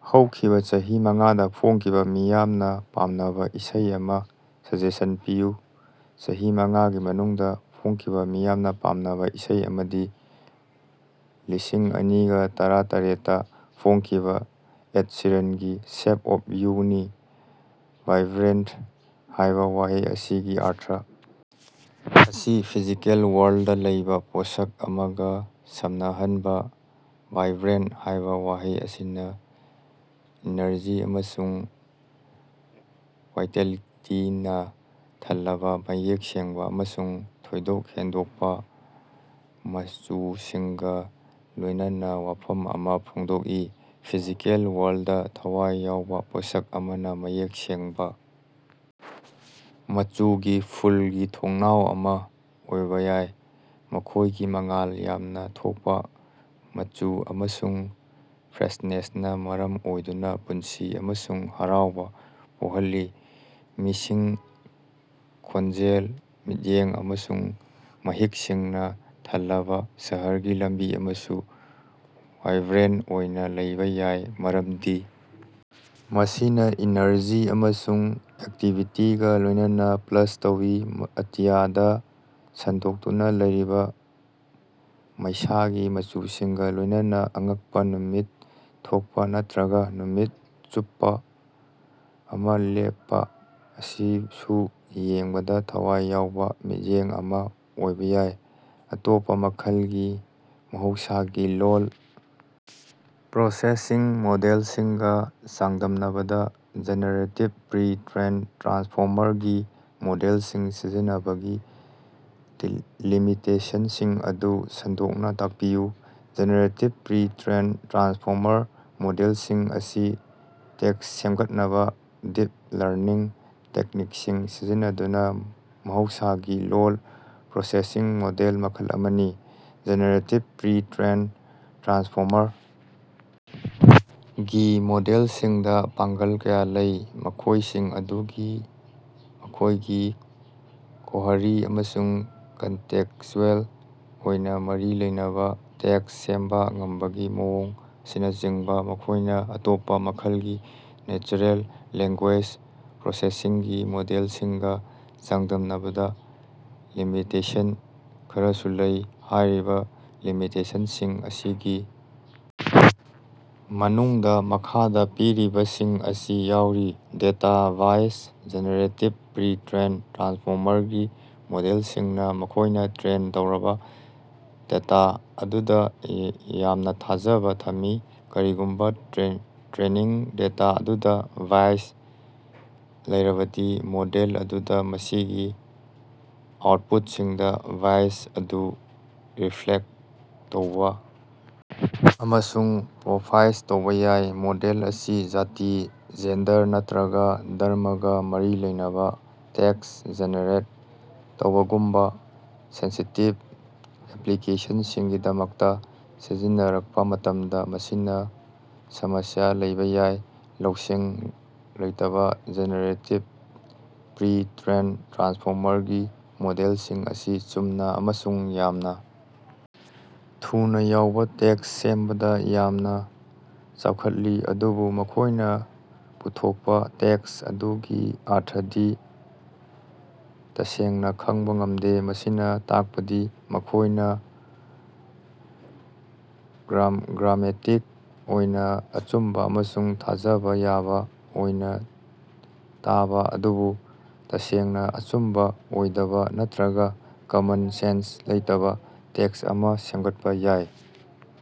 ꯍꯧꯈꯤꯕ ꯆꯍꯤ ꯃꯉꯥꯗ ꯐꯣꯡꯈꯤꯕ ꯃꯤꯌꯥꯝꯅ ꯄꯥꯝꯅꯕ ꯏꯁꯩ ꯑꯃ ꯁꯖꯦꯁꯟ ꯄꯤꯌꯨ꯫ ꯆꯍꯤ ꯃꯉꯥꯒꯤ ꯃꯅꯨꯡꯗ ꯐꯣꯡꯈꯤꯕ ꯃꯤꯌꯥꯝꯅ ꯄꯥꯝꯅꯕ ꯏꯁꯩ ꯑꯃꯗꯤ ꯂꯤꯁꯤꯡ ꯑꯅꯤꯒ ꯇꯔꯥꯇꯔꯦꯠꯇ ꯐꯣꯡꯈꯤꯕ ꯑꯦꯗ ꯁꯤꯔꯟꯒꯤ "ꯁꯦꯞ ꯑꯣꯐ ꯌꯨ" ꯅꯤ꯫ "ꯚꯥꯏꯕ꯭ꯔꯦꯟꯇ" ꯍꯥꯏꯕ ꯋꯥꯍꯩ ꯑꯁꯤꯒꯤ ꯑꯔꯊ꯭ꯔꯥ ꯑꯁꯤ ꯐꯤꯖꯤꯀꯦꯜ ꯋꯥꯔꯜꯗꯗ ꯂꯩꯕ ꯄꯣꯠꯁꯛ ꯑꯃꯒ ꯁꯝꯅꯍꯟꯕ꯫ "ꯚꯥꯏꯕ꯭ꯔꯦꯟꯇ" ꯍꯥꯏꯕ ꯋꯥꯍꯩ ꯑꯁꯤꯅ ꯏꯅꯔꯖꯤ ꯑꯃꯁꯨꯡ ꯋꯥꯏꯇꯦꯂꯤꯇꯤꯅꯥ ꯊꯜꯂꯕ, ꯃꯌꯦꯛ ꯁꯦꯡꯕ ꯑꯃꯁꯨꯡ ꯊꯣꯏꯗꯣꯛ ꯍꯦꯟꯗꯣꯛꯄ ꯃꯆꯨꯁꯤꯡꯒ ꯂꯣꯏꯅꯅ ꯋꯥꯐꯝ ꯑꯃ ꯐꯣꯡꯗꯣꯛꯏ꯫ ꯐꯤꯖꯤꯀꯦꯜ ꯋꯥꯔꯜꯗꯇ, ꯊꯋꯥꯏ ꯌꯥꯎꯕ ꯄꯣꯠꯁꯛ ꯑꯃꯅ ꯃꯌꯦꯛ ꯁꯦꯡꯕ ꯃꯆꯨꯒꯤ ꯐꯨꯜꯒꯤ ꯊꯣꯡꯅꯥꯎ ꯑꯃ ꯑꯣꯏꯕ ꯌꯥꯏ, ꯃꯈꯣꯏꯒꯤ ꯃꯉꯥꯜ ꯌꯥꯝꯅ ꯊꯣꯛꯄ ꯃꯆꯨ ꯑꯃꯁꯨꯡ ꯐ꯭ꯔꯦꯁꯅꯦꯁꯅ ꯃꯔꯝ ꯑꯣꯏꯗꯨꯅ ꯄꯨꯟꯁꯤ ꯑꯃꯁꯨꯡ ꯍꯔꯥꯎꯕ ꯄꯣꯛꯍꯜꯂꯤ꯫ ꯃꯤꯁꯤꯡ, ꯈꯣꯟꯖꯦꯜ, ꯃꯤꯠꯌꯦꯡ ꯑꯃꯁꯨꯡ ꯃꯍꯤꯛꯁꯤꯡꯅ ꯊꯜꯂꯕ ꯁꯍꯔꯒꯤ ꯂꯝꯕꯤ ꯑꯃꯁꯨ ꯋꯥꯏꯕ꯭ꯔꯦꯟꯇ ꯑꯣꯏꯅ ꯂꯧꯕ ꯌꯥꯏ, ꯃꯔꯝꯗꯤ ꯃꯁꯤꯅ ꯏꯅꯔꯖꯤ ꯑꯃꯁꯨꯡ ꯑꯦꯛꯇꯤꯕꯤꯇꯤꯒ ꯂꯣꯏꯅꯅ ꯄ꯭ꯂꯁ ꯇꯧꯏ꯫ ꯑꯇꯤꯌꯥꯗ ꯁꯟꯗꯣꯛꯇꯨꯅ ꯂꯩꯔꯤꯕ ꯃꯩꯁꯥꯒꯤ ꯃꯆꯨꯁꯤꯡꯒ ꯂꯣꯏꯅꯅ ꯑꯉꯛꯄ ꯅꯨꯃꯤꯠ ꯊꯣꯛꯄ ꯅꯠꯇ꯭ꯔꯒ ꯅꯨꯃꯤꯠ ꯆꯨꯞꯄ ꯑꯃ ꯂꯦꯞꯄ ꯑꯁꯤꯁꯨ ꯌꯦꯡꯕꯗ ꯊꯋꯥꯏ ꯌꯥꯎꯕ ꯃꯤꯠꯌꯦꯡ ꯑꯃ ꯑꯣꯏꯕ ꯌꯥꯏ꯫ ꯑꯇꯣꯞꯄ ꯃꯈꯜꯒꯤ ꯃꯍꯧꯁꯥꯒꯤ ꯂꯣꯜ ꯄ꯭ꯔꯣꯁꯦꯁꯤꯡ ꯃꯣꯗꯦꯜꯁꯤꯡꯒ ꯆꯥꯡꯗꯝꯅꯕꯗ ꯖꯦꯅꯦꯔꯦꯇꯤꯚ ꯄ꯭ꯔꯤ-ꯇ꯭ꯔꯦꯟꯗ ꯇ꯭ꯔꯥꯟꯁꯐꯣꯃꯔ ꯒꯤ ꯃꯣꯗꯦꯜꯁꯤꯡ ꯁꯤꯖꯤꯟꯅꯕꯒꯤ ꯇꯤꯜ ꯂꯤꯃꯤꯇꯦꯁꯟꯁꯤꯡ ꯑꯗꯨ ꯁꯟꯗꯣꯛꯅ ꯇꯥꯛꯄꯤꯌꯨ꯫ ꯖꯦꯅꯦꯔꯦꯇꯤꯚ ꯄ꯭ꯔꯤ-ꯇ꯭ꯔꯦꯟꯗ ꯇ꯭ꯔꯥꯟꯁꯐꯣꯃꯔ ꯃꯣꯗꯦꯜꯁꯤꯡ ꯑꯁꯤ ꯇꯦꯛꯁ ꯁꯦꯝꯒꯠꯅꯕ ꯗꯤꯞ ꯂꯔꯅꯤꯡ ꯇꯦꯛꯅꯤꯛꯁꯤꯡ ꯁꯤꯖꯤꯟꯅꯗꯨꯅ ꯃꯍꯧꯁꯥꯒꯤ ꯂꯣꯜ ꯄ꯭ꯔꯣꯁꯦꯁꯤꯡ ꯃꯣꯗꯦꯜ ꯃꯈꯜ ꯑꯃꯅꯤ꯫ ꯖꯦꯅꯦꯔꯦꯇꯤꯚ ꯄ꯭ꯔꯤ-ꯇ꯭ꯔꯦꯟꯗ ꯇ꯭ꯔꯥꯟꯁꯐꯣꯃꯔ ꯒꯤ ꯃꯣꯗꯦꯜꯁꯤꯡꯗ ꯄꯥꯡꯒꯜ ꯀꯌꯥ ꯂꯩ, ꯃꯈꯣꯏꯁꯤꯡ ꯑꯗꯨꯒꯤ ꯃꯈꯣꯏꯒꯤ ꯀꯣꯍꯔꯤ ꯑꯃꯁꯨꯡ ꯀꯟꯇꯦꯛꯁꯆꯨꯑꯦꯜ ꯑꯣꯏꯅ ꯃꯔꯤ ꯂꯩꯅꯕ ꯇꯦꯛꯁ ꯁꯦꯝꯕ ꯉꯝꯕꯒꯤ ꯃꯑꯣꯡ ꯑꯁꯤꯅꯆꯤꯡꯕ, ꯃꯈꯣꯏꯅ ꯑꯇꯣꯞꯄ ꯃꯈꯜꯒꯤ ꯅꯦꯆꯔꯦꯜ ꯂꯦꯡꯒ꯭ꯌꯨꯑꯦꯁ ꯄ꯭ꯔꯣꯁꯦꯁꯤꯡꯒꯤ ꯃꯣꯗꯦꯜꯁꯤꯡꯒ ꯆꯥꯡꯗꯝꯅꯕꯗ ꯂꯤꯃꯤꯇꯦꯁꯟ ꯈꯔꯁꯨ ꯂꯩ꯫ ꯍꯥꯏꯔꯤꯕ ꯂꯤꯃꯤꯇꯦꯁꯟꯁꯤꯡ ꯑꯁꯤꯒꯤ ꯃꯅꯨꯡꯗ ꯃꯈꯥꯗ ꯄꯤꯔꯤꯕꯁꯤꯡ ꯑꯁꯤ ꯌꯥꯎꯔꯤ: ꯗꯦꯇꯥ ꯕꯥꯏꯁ: ꯖꯦꯅꯦꯔꯦꯇꯤꯚ ꯄ꯭ꯔꯤ-ꯇ꯭ꯔꯦꯟꯗ ꯇ꯭ꯔꯥꯟꯁꯐꯣꯃꯔꯒꯤ ꯃꯣꯗꯦꯜꯁꯤꯡꯅ ꯃꯈꯣꯢꯅ ꯇ꯭ꯔꯦꯟ ꯇꯧꯔꯕ ꯗꯦꯇꯥ ꯑꯗꯨꯗ ꯌꯥ ꯌꯥꯝꯅ ꯊꯥꯖꯕ ꯊꯝꯃꯤ꯫ ꯀꯔꯤꯒꯨꯝꯕ ꯇ꯭ꯔꯦꯟ ꯇ꯭ꯔꯦꯅꯤꯡ ꯗꯦꯇꯥ ꯑꯗꯨꯗ ꯕꯥꯏꯁ ꯂꯩꯔꯕꯗꯤ ꯃꯣꯗꯦꯜ ꯑꯗꯨꯅ ꯃꯁꯤꯒꯤ ꯑꯥꯎꯠꯄꯨꯠꯁꯤꯡꯗ ꯕꯥꯏꯁ ꯑꯗꯨ ꯔꯤꯐ꯭ꯂꯦꯛꯇ ꯇꯧꯕ ꯑꯃꯁꯨꯡ ꯄ꯭ꯔꯣꯐꯥꯏꯖ ꯇꯧꯕ ꯌꯥꯏ꯫ ꯃꯣꯗꯦꯜ ꯑꯁꯤ ꯖꯥꯇꯤ, ꯖꯦꯟꯗꯔ ꯅꯠꯇ꯭ꯔꯒ ꯙꯔꯝꯃꯒ ꯃꯔꯤ ꯂꯩꯅꯕ ꯇꯦꯛꯁ ꯖꯦꯅꯦꯔꯦꯠ ꯇꯧꯕꯒꯨꯝꯕ ꯁꯦꯟꯁꯤꯇꯤꯚ ꯑꯦꯄ꯭ꯂꯤꯀꯦꯁꯟꯁꯤꯡꯒꯤꯗꯃꯛꯇ ꯁꯤꯖꯤꯟꯅꯔꯛꯄ ꯃꯇꯝꯗ ꯃꯁꯤꯅ ꯁꯃꯁ꯭ꯌꯥ ꯂꯩꯕ ꯌꯥꯏ꯫ ꯂꯧꯁꯤꯡ ꯂꯩꯇꯕ: ꯖꯦꯅꯦꯔꯦꯇꯤꯚ ꯄ꯭ꯔꯤ-ꯇ꯭ꯔꯦꯟꯗ ꯇ꯭ꯔꯥꯟꯁꯐꯣꯃꯔꯒꯤ ꯃꯣꯗꯦꯜꯁꯤꯡ ꯑꯁꯤ ꯆꯨꯝꯅ ꯑꯃꯁꯨꯡ ꯌꯥꯝꯅ ꯊꯨꯅ ꯌꯥꯎꯕ ꯇꯦꯛꯁ ꯁꯦꯝꯕꯗ ꯌꯥꯝꯅ ꯆꯥꯎꯈꯠꯂꯤ, ꯑꯗꯨꯕꯨ ꯃꯈꯣꯏꯅ ꯄꯨꯊꯣꯛꯄ ꯇꯦꯛꯁ ꯑꯗꯨꯒꯤ ꯑꯔꯊꯗꯤ ꯇꯁꯦꯡꯅ ꯈꯪꯕ ꯉꯝꯗꯦ ꯫ ꯃꯁꯤꯅ ꯇꯥꯛꯄꯗꯤ ꯃꯈꯣꯢꯅ ꯒ꯭ꯔꯥꯝ ꯒ꯭ꯔꯥꯃꯦꯇꯤꯛ ꯑꯣꯏꯅ ꯑꯆꯨꯝꯕ ꯑꯃꯁꯨꯡ ꯊꯥꯖꯕ ꯌꯥꯕ ꯑꯣꯏꯅ ꯇꯥꯕ, ꯑꯗꯨꯕꯨ ꯇꯁꯦꯡꯅ ꯑꯆꯨꯝꯕ ꯑꯣꯏꯗꯕ, ꯅꯠꯇ꯭ꯔꯒ ꯀꯃꯟ ꯁꯦꯟꯁ ꯂꯩꯇꯕ ꯇꯦꯛꯁ ꯑꯃ ꯁꯦꯝꯒꯠꯄ ꯌꯥꯏ꯫